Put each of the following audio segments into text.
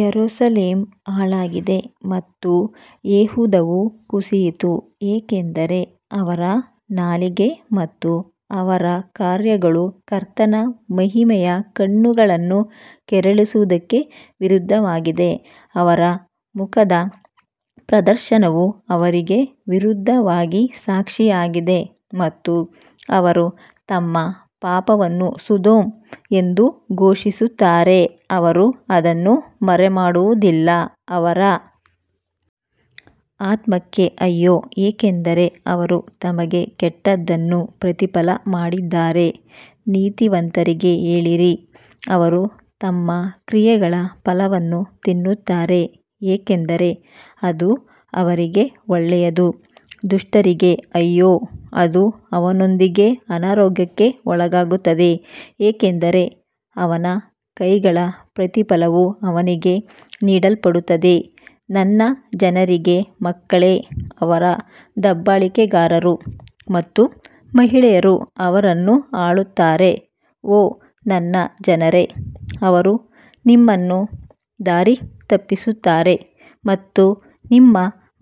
ಯೆರೂಸಲೇಮ್ ಹಾಳಾಗಿದೆ ಮತ್ತು ಯೆಹೂದವು ಕುಸಿಯಿತು ಏಕೆಂದರೆ ಅವರ ನಾಲಿಗೆ ಮತ್ತು ಅವರ ಕಾರ್ಯಗಳು ಕರ್ತನ ಮಹಿಮೆಯ ಕಣ್ಣುಗಳನ್ನು ಕೆರಳಿಸುವದಕ್ಕೆ ವಿರುದ್ಧವಾಗಿವೆ. ಅವರ ಮುಖದ ಪ್ರದರ್ಶನವು ಅವರಿಗೆ ವಿರುದ್ಧವಾಗಿ ಸಾಕ್ಷಿಯಾಗಿದೆ ಮತ್ತು ಅವರು ತಮ್ಮ ಪಾಪವನ್ನು ಸೊದೋಮ್ ಎಂದು ಘೋಷಿಸುತ್ತಾರೆ ಅವರು ಅದನ್ನು ಮರೆಮಾಡುವುದಿಲ್ಲ ಅವರ ಆತ್ಮಕ್ಕೆ ಅಯ್ಯೋ ಏಕೆಂದರೆ ಅವರು ತಮಗೇ ಕೆಟ್ಟದ್ದನ್ನು ಪ್ರತಿಫಲ ಮಾಡಿದ್ದಾರೆ ನೀತಿವಂತರಿಗೆ ಹೇಳಿರಿ, ಅವರು ತಮ್ಮ ಕ್ರಿಯೆಗಳ ಫಲವನ್ನು ತಿನ್ನುತ್ತಾರೆ ಏಕೆಂದರೆ ಅದು ಅವರಿಗೆ ಒಳ್ಳೆಯದು ದುಷ್ಟರಿಗೆ ಅಯ್ಯೋ ಅದು ಅವನೊಂದಿಗೆ ಅನಾರೋಗ್ಯಕ್ಕೆ ಒಳಗಾಗುತ್ತದೆ ಏಕೆಂದರೆ ಅವನ ಕೈಗಳ ಪ್ರತಿಫಲವು ಅವನಿಗೆ ನೀಡಲ್ಪಡುತ್ತದೆ ನನ್ನ ಜನರಿಗೆ ಮಕ್ಕಳೇ ಅವರ ದಬ್ಬಾಳಿಕೆಗಾರರು ಮತ್ತು ಮಹಿಳೆಯರು ಅವರನ್ನು ಆಳುತ್ತಾರೆ ಓ ನನ್ನ ಜನರೇ ಅವರು ನಿಮ್ಮನ್ನು ದಾರಿ ತಪ್ಪಿಸುತ್ತಾರೆ ಮತ್ತು ನಿಮ್ಮ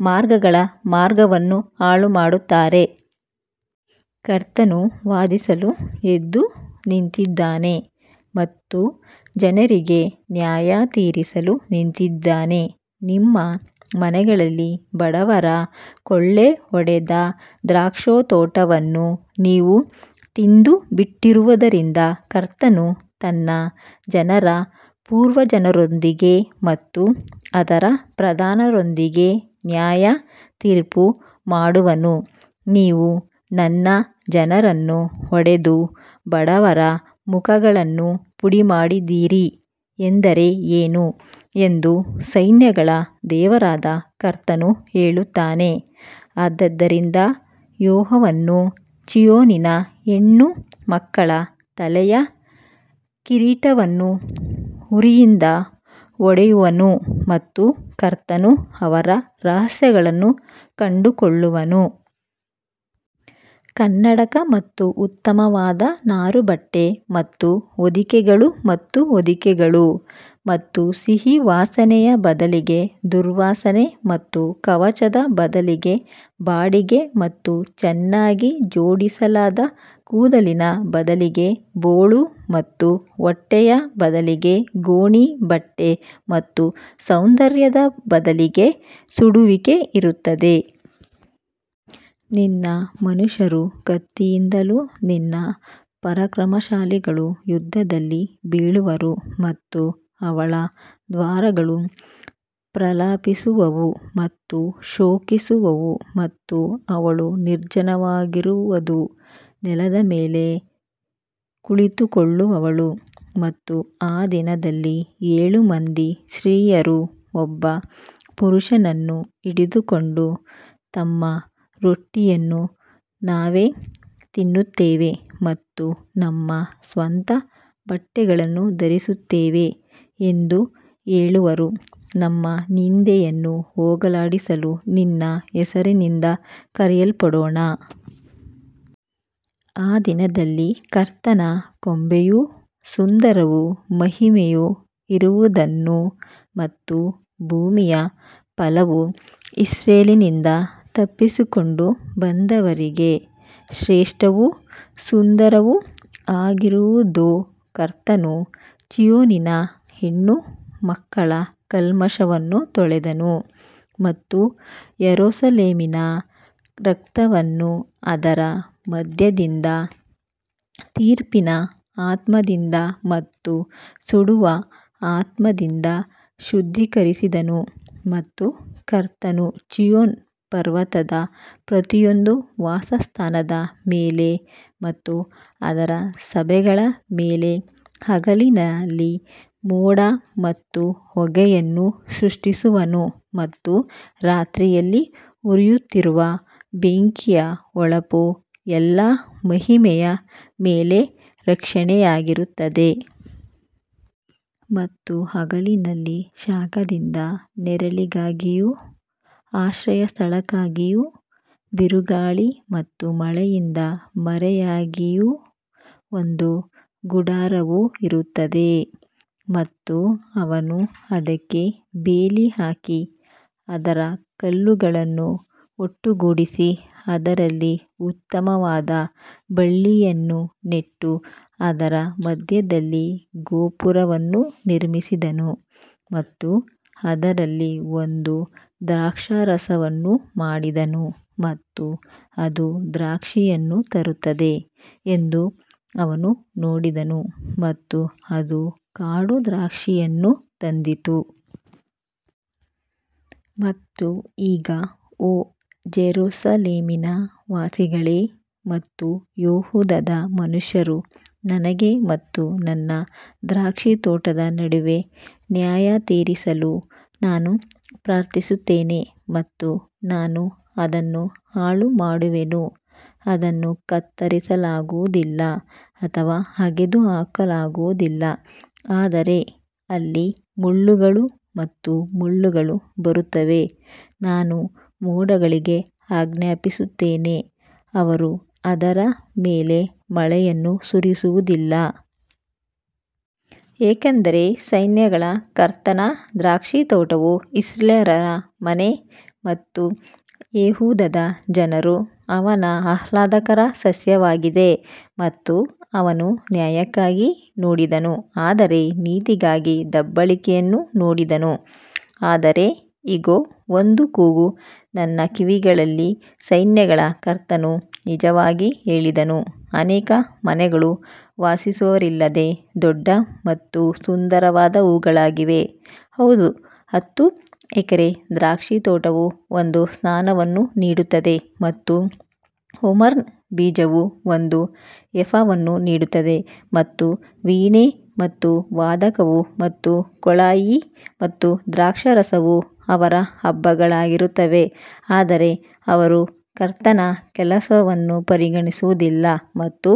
ಮಾರ್ಗಗಳ ಮಾರ್ಗವನ್ನು ಹಾಳುಮಾಡುತ್ತಾರೆ. ಕರ್ತನು ವಾದಿಸಲು ಎದ್ದು ನಿಂತಿದ್ದಾನೆ ಮತ್ತು ಜನರಿಗೆ ನ್ಯಾಯತೀರಿಸಲು ನಿಂತಿದ್ದಾನೆ ನಿಮ್ಮ ಮನೆಗಳಲ್ಲಿ ಬಡವರ ಕೊಳ್ಳೆಹೊಡೆದ ದ್ರಾಕ್ಷೇತೋಟವನ್ನು ನೀವು ತಿಂದುಬಿಟ್ಟಿರುವದರಿಂದ ಕರ್ತನು ತನ್ನ ಜನರ ಪೂರ್ವಜರೊಂದಿಗೆ ಮತ್ತು ಅದರ ಪ್ರಧಾನರೊಂದಿಗೆ ನ್ಯಾಯತೀರ್ಪು ಮಾಡುವನು. ನೀವು ನನ್ನ ಜನರನ್ನು ಹೊಡೆದು ಬಡವರ ಮುಖಗಳನ್ನು ಪುಡಿಮಾಡಿದಿರಿ ಎಂದರೆ ಏನು ಎಂದು ಸೈನ್ಯಗಳ ದೇವರಾದ ಕರ್ತನು ಹೇಳುತ್ತಾನೆ ಆದದರಿಂದ ಯೆಹೋವನು ಚೀಯೋನಿನ ಹೆಣ್ಣುಮಕ್ಕಳ ತಲೆಯ ಕಿರೀಟವನ್ನು ಹುರಿಯಿಂದ ಹೊಡೆಯುವನು ಮತ್ತು ಕರ್ತನು ಅವರ ರಹಸ್ಯಗಳನ್ನು ಕಂಡುಕೊಳ್ಳುವನು. ಕನ್ನಡಕ ಮತ್ತು ಉತ್ತಮವಾದ ನಾರುಬಟ್ಟೆ ಮತ್ತು ಹೊದಿಕೆಗಳು ಮತ್ತು ಹೊದಿಕೆಗಳು ಮತ್ತು ಸಿಹಿ ವಾಸನೆಯ ಬದಲಿಗೆ ದುರ್ವಾಸನೆ ಮತ್ತು ಕವಚದ ಬದಲಿಗೆ ಬಾಡಿಗೆ ಮತ್ತು ಚೆನ್ನಾಗಿ ಜೋಡಿಸಲಾದ ಕೂದಲಿನ ಬದಲಿಗೆ ಬೋಳು ಮತ್ತು ಹೊಟ್ಟೆಯ ಬದಲಿಗೆ ಗೋಣಿ ಬಟ್ಟೆ ಮತ್ತು ಸೌಂದರ್ಯದ ಬದಲಿಗೆ ಸುಡುವಿಕೆ ಇರುತ್ತದೆ. ನಿನ್ನ ಮನುಷ್ಯರು ಕತ್ತಿಯಿಂದಲೂ ನಿನ್ನ ಪರಾಕ್ರಮಶಾಲಿಗಳೂ ಯುದ್ಧದಲ್ಲಿ ಬೀಳುವರು ಮತ್ತು ಅವಳ ದ್ವಾರಗಳು ಪ್ರಲಾಪಿಸುವವು ಮತ್ತು ಶೋಕಿಸುವವು ಮತ್ತು ಅವಳು ನಿರ್ಜನವಾಗಿರುವದು ನೆಲದ ಮೇಲೆ ಕುಳಿತುಕೊಳ್ಳುವಳು ಮತ್ತು ಆ ದಿನದಲ್ಲಿ ಏಳು ಮಂದಿ ಸ್ತ್ರೀಯರು ಒಬ್ಬ ಪುರುಷನನ್ನು ಹಿಡಿದುಕೊಂಡು ನಮ್ಮ ರೊಟ್ಟಿಯನ್ನು ನಾವೇ ತಿನ್ನುತ್ತೇವೆ ಮತ್ತು ನಮ್ಮ ಸ್ವಂತ ಬಟ್ಟೆಗಳನ್ನು ಧರಿಸುತ್ತೇವೆ ಎಂದು ಹೇಳುವರು, ನಮ್ಮ ನಿಂದೆಯನ್ನು ಹೋಗಲಾಡಿಸಲು ನಿನ್ನ ಹೆಸರಿನಿಂದ ಕರೆಯಲ್ಪಡೋಣ. ಆ ದಿನದಲ್ಲಿ ಕರ್ತನ ಕೊಂಬೆಯು ಸುಂದರವೂ ಮಹಿಮೆಯೂ ಇರುವದು ಮತ್ತು ಭೂಮಿಯ ಫಲವು ಇಸ್ರಾಯೇಲಿನಿಂದ ತಪ್ಪಿಸಿಕೊಂಡು ಬಂದವರಿಗೆ ಶ್ರೇಷ್ಠವೂ ಸುಂದರವೂ ಆಗಿರುವುದು. ಕರ್ತನು ಚೀಯೋನಿನ ಹೆಣ್ಣುಮಕ್ಕಳ ಕಲ್ಮಶವನ್ನು ತೊಳೆದನು ಮತ್ತು ಯೆರೂಸಲೇಮಿನ ರಕ್ತವನ್ನು ಅದರ ಮಧ್ಯದಿಂದ ತೀರ್ಪಿನ ಆತ್ಮದಿಂದ ಮತ್ತು ಸುಡುವ ಆತ್ಮದಿಂದ ಶುದ್ಧೀಕರಿಸಿದನು. ಮತ್ತು ಕರ್ತನು ಚೀಯೋನ್ ಪರ್ವತದ ಪ್ರತಿಯೊಂದು ವಾಸಸ್ಥಾನದ ಮೇಲೆ ಮತ್ತು ಅದರ ಸಭೆಗಳ ಮೇಲೆ ಹಗಲಿನಲ್ಲಿ ಮೋಡ ಮತ್ತು ಹೊಗೆಯನ್ನು ಸೃಷ್ಟಿಸುವನು ಮತ್ತು ರಾತ್ರಿಯಲ್ಲಿ ಉರಿಯುತ್ತಿರುವ ಬೆಂಕಿಯ ಹೊಳಪು ಎಲ್ಲಾ ಮಹಿಮೆಯ ಮೇಲೆ ರಕ್ಷಣೆಯಾಗಿರುತ್ತದೆ. ಮತ್ತು ಹಗಲಿನಲ್ಲಿ ಶಾಖದಿಂದ ನೆರಳಿಗಾಗಿಯೂ ಆಶ್ರಯ ಸ್ಥಳಕ್ಕಾಗಿಯೂ ಬಿರುಗಾಳಿ ಮತ್ತು ಮಳೆಯಿಂದ ಮರೆಯಾಗಿಯೂ ಒಂದು ಗುಡಾರವು ಇರುತ್ತದೆ. ಮತ್ತು ಅವನು ಅದಕ್ಕೆ ಬೇಲಿ ಹಾಕಿ ಅದರ ಕಲ್ಲುಗಳನ್ನು ಒಟ್ಟುಗೂಡಿಸಿ ಅದರಲ್ಲಿ ಉತ್ತಮವಾದ ಬಳ್ಳಿಯನ್ನು ನೆಟ್ಟು ಅದರ ಮಧ್ಯದಲ್ಲಿ ಗೋಪುರವನ್ನು ನಿರ್ಮಿಸಿದನು ಮತ್ತು ಅದರಲ್ಲಿ ಒಂದು ದ್ರಾಕ್ಷಾರಸವನ್ನು ಮಾಡಿದನು ಮತ್ತು ಅದು ದ್ರಾಕ್ಷಿಯನ್ನು ತರುತ್ತದೆ ಎಂದು ಅವನು ನೋಡಿದನು ಮತ್ತು ಅದು ಕಾಡು ದ್ರಾಕ್ಷಿಯನ್ನು ತಂದಿತು. ಮತ್ತು ಈಗ ಓ ಜೆರುಸಲೇಮಿನ ನಿವಾಸಿಗಳೇ ಮತ್ತು ಯೆಹೂದದ ಮನುಷ್ಯರು ನನಗೆ ಮತ್ತು ನನ್ನ ದ್ರಾಕ್ಷಿತೋಟದ ನಡುವೆ ನ್ಯಾಯತೀರಿಸಲು ನಾನು ಪ್ರಾರ್ಥಿಸುತ್ತೇನೆ ಮತ್ತು ನಾನು ಅದನ್ನು ಹಾಳುಮಾಡುವೆನು ಅದನ್ನು ಕತ್ತರಿಸಲಾಗುವುದಿಲ್ಲ ಅಥವಾ ಅಗೆದು ಹಾಕಲಾಗುವುದಿಲ್ಲ ಆದರೆ ಅಲ್ಲಿ ಮುಳ್ಳುಗಳು ಮತ್ತು ಮುಳ್ಳುಗಳು ಬರುತ್ತವೆ, ನಾನು ಮೋಡಗಳಿಗೆ ಆಜ್ಞಾಪಿಸುತ್ತೇನೆ ಅವರು ಅದರ ಮೇಲೆ ಮಳೆಯನ್ನು ಸುರಿಸುವುದಿಲ್ಲ. ಯಾಕಂದರೆ ಸೈನ್ಯಗಳ ಕರ್ತನ ದ್ರಾಕ್ಷಿತೋಟವು ಇಸ್ರಾಯೇಲ್ಯರ ಮನೆ ಮತ್ತು ಯೆಹೂದದ ಜನರು ಅವನ ಆಹ್ಲಾದಕರ ಸಸ್ಯವಾಗಿದೆ ಮತ್ತು ಅವನು ನ್ಯಾಯಕ್ಕಾಗಿ ನೋಡಿದನು ಆದರೆ ನೀತಿಗಾಗಿ ದಬ್ಬಾಳಿಕೆಯನ್ನು ನೋಡಿದನು ಆದರೆ ಇಗೋ ಒಂದು ಕೂಗು ನನ್ನ ಕಿವಿಗಳಲ್ಲಿ ಸೈನ್ಯಗಳ ಕರ್ತನು ನಿಜವಾಗಿ ಹೇಳಿದನು, ಅನೇಕ ಮನೆಗಳು ವಾಸಿಸುವವರಿಲ್ಲದೆ ದೊಡ್ಡ ಮತ್ತು ಸುಂದರವಾದವುಗಳಾಗಿವೆ ಹೌದು ಹತ್ತು ಎಕರೆ ದ್ರಾಕ್ಷಿತೋಟವು ಒಂದು ಸ್ನಾನವನ್ನು ನೀಡುತ್ತದೆ ಮತ್ತು ಹೋಮರ್ನ ಬೀಜವು ಒಂದು ಎಫಾವನ್ನು ನೀಡುತ್ತದೆ ಮತ್ತು ವೀಣೆ ಮತ್ತು ವಾದಕವು ಮತ್ತು ಕೊಳಾಯಿ ಮತ್ತು ದ್ರಾಕ್ಷಾರಸವು ಅವರ ಹಬ್ಬಗಳಲ್ಲಿರುತ್ತವೆ ಆದರೆ ಅವರು ಕರ್ತನ ಕೆಲಸವನ್ನು ಪರಿಗಣಿಸುವುದಿಲ್ಲ ಮತ್ತು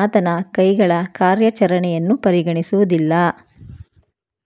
ಆತನ ಕೈಗಳ ಕಾರ್ಯಾಚರಣೆಯನ್ನು ಪರಿಗಣಿಸುವುದಿಲ್ಲ.